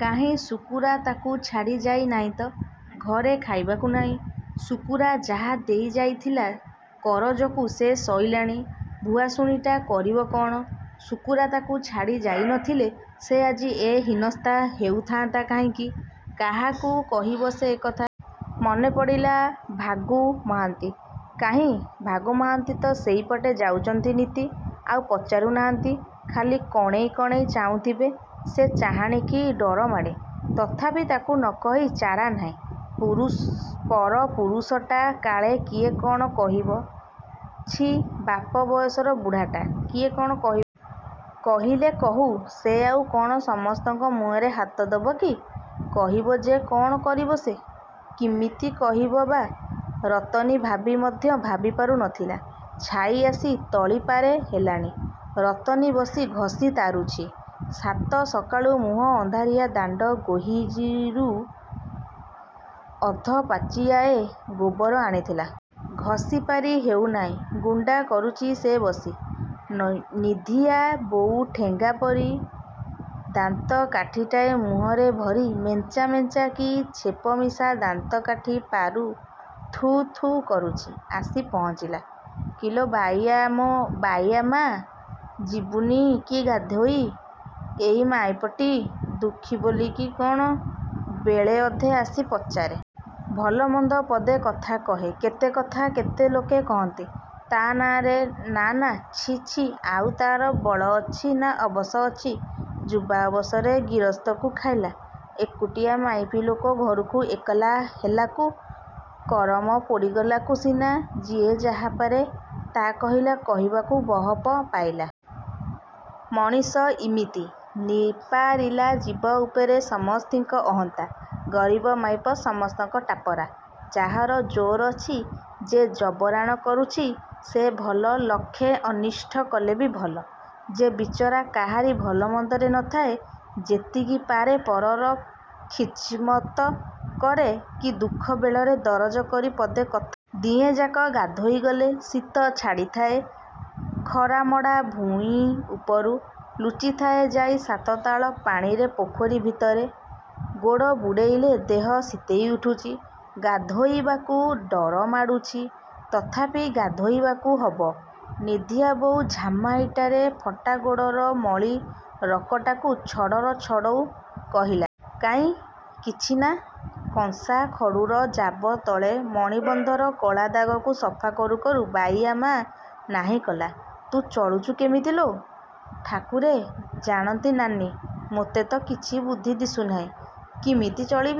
କାହିଁ ଶୁକୁରା ତାକୁ ଛାଡ଼ି ଯାଇନାହିଁ ତ ଘରେ ଖାଇବାକୁ ନାହିଁ। ଶୁକୁରା ଯାହା ଦେଇ ଯାଇଥିଲା କରଜକୁ ସେ ସଇଲାଣି। ଭୁଆସୁଣୀଟା କରିବ କଣ? ଶୁକୁରା ତାକୁ ଛାଡ଼ି ଯାଇ ନଥିଲେ, ସେ ଆଜି ଏ ହୀନସ୍ତା ହେଉଥାନ୍ତା କାହିଁକି, କାହାକୁ କହିବ ସେ ଏକଥା? ମନେ ପଡ଼ିଲା ଭାଗୁ ମହାନ୍ତି କାହିଁ ଭାଗୁ ମହାନ୍ତି ତ ସେଇପଟେ ଯାଉଚନ୍ତି ନିତି। ଆଉ ପଚାରୁ ନାହାନ୍ତି ଖାଲି କଣେଇ କଣେଇ ଚାହୁଁଥିବେ। ସେ ଚାହାଣିକି ଡରମାଡ଼େ। ତଥାପି ତାଙ୍କୁ ନକହି ଚାରା ନାହିଁ। ପରପୁରୁଷଟା କାଳେ କିଏ କଣ କହିବ। ଛି ବାପ ବୟସର ବୁଢ଼ାଟା କିଏ କଣ କହିବ? କହିଲେ କହୁ ସେ ଆଉ କଣ ସମସ୍ତଙ୍କ ମୁହଁରେ ହାତ ଦବକି? କହିବ ଯେ, କଣ କରିବ ସେ କିମିତି କହିବ ବା ରତନୀ ଭାବି ମଧ୍ୟ ଭାବିପାରୁ ନଥିଲା। ଛାଇ ଆସି ତଳିପାରେ ହେଲାଣି ରତନୀ ବସି ଘଷି ତାରୁଛି। ସାତ ସକାଳୁ ମୁହଁ ଅନ୍ଧାରିଆ ଦାଣ୍ଡ ଗୋହରିରୁ ଅଧ ପାଚିଆଏ ଗୋବର ଆଣିଥିଲା। ଘଷିପାରି ହେଉନାହିଁ ଗୁଣ୍ଡା କରୁଚି ସେ ବସି। ନିଧିଆ ବୋଉ ଠେଙ୍ଗାପରି ଦାନ୍ତ କାଠିଟାଏ ମୁହଁରେ ଭରି ମେଞ୍ଚା ମେଞ୍ଚା କି ଛେପମିଶା ଦାନ୍ତକାଠି ପାରୁ ଥୁ ଥୁ କରୁଛି, ଆସି ପହଞ୍ଚିଲା କିଲୋ ବାଇଆ ମା ଯିବୁନି କି ଗାଧୋଇ ଏଇ ମାଇପଟି, ଦୁଃଖୀ ବୋଲି କି କଣ, ବେଳେ ଅଧେ ଆସି ପଚାରେ। ଭଲମନ୍ଦ ପଦେ କଥା କହେ। କେତେ କଥା କେତେ ଲୋକେ କହନ୍ତି ତା ନାଆଁରେ ନା ନା ଛି ଛି ଆଉ ତାର ବଳଅଛି ନା ବଅସ ଅଛି। ଯୁବା ବଅସରେ ଗିରସ୍ତକୁ ଖାଇଲା। ଏକୁଟିଆ ମାଇପି ଲୋକ ଘରକୁ ଏକଲା ହେଲାକୁ କରମ ପୋଡ଼ିଗଲାକୁ ସିନା ଯିଏ ଯାହାପାରେ ତା କହିଲା କହିବାକୁ ବହପ ପାଇଲା। ମଣିଷ ଇମିତି ନିପାରିଲା ଜୀବ ଉପରେ ସମସ୍ତିଙ୍କ ଅହନ୍ତା। ଗରିବ ମାଇପ ସମସ୍ତଙ୍କ ଟାପରା ଯାହାର ଜୋର୍ ଅଛି ଯେ ଜବରାଣ କରୁଛି ସେ ଭଲ ଲକ୍ଷେ ଅନିଷ୍ଟ କଲେ ବି ଭଲ। ଯେ ବିଚରା କାହାରି ଭଲମନ୍ଦରେ ନଥାଏ ଯେତିକି ପାରେ ପରର ଖିଜମତ କରେ କି ଦୁଃଖ ବେଳରେ ଦରଜ କରି ପଦେ କଥା କହେ ସେଇ ଯେ ଖରାପ। ଦିହେଁଯାକ ଗାଧୋଇ ଗଲେ। ଶୀତ ଛାଡ଼ିଥାଏ ଖରାମଡ଼ା ଭୂଇଁଉପରୁ, ଲୁଚିଥାଏ ଯାଇ ସାତ ତାଳ ପାଣିରେ ପୋଖରୀ ଭିତରେ। ଗୋଡ଼ ବୁଡ଼େଇଲେ ଦେହ ଶୀତେଇ ଉଠୁଚି। ଗାଧୋଇବାକୁ ଡର ମାଡ଼ୁଚି ତଥାପି ଗାଧୋଇବାକୁ ହବ। ନିଧିଆ ବୋଉ ଝାମା ଇଟାରେ ଫଟା ଗୋଡ଼ର ମଳି ରକଟାକୁ ଛଡ଼ଉ ଛଡ଼ଉ କହିଲା କିଲୋ, କିଛି ଖବର ବାତିନି ଅଇଲା ଟଙ୍କା କି ପଇସା? କାଇଁ କିଛି ନା କଂସା ଖଡ଼ୁର ଜାବ ତଳେ ମଣିବନ୍ଧର କଳା ଦାଗକୁ ସଫା କରୁ କରୁ ବାଇୟା ମା ନାହିଁ କଲା। ତୁ ଚଳୁଚୁ କିମିତି ଲୋ ଠାକୁରେ ଜାଣନ୍ତି ନାନୀ। ମୋତେ ତ କିଛି ବୁଦ୍ଧି ଦିଶୁନାହିଁ, କିମିତି ଚଳିବି।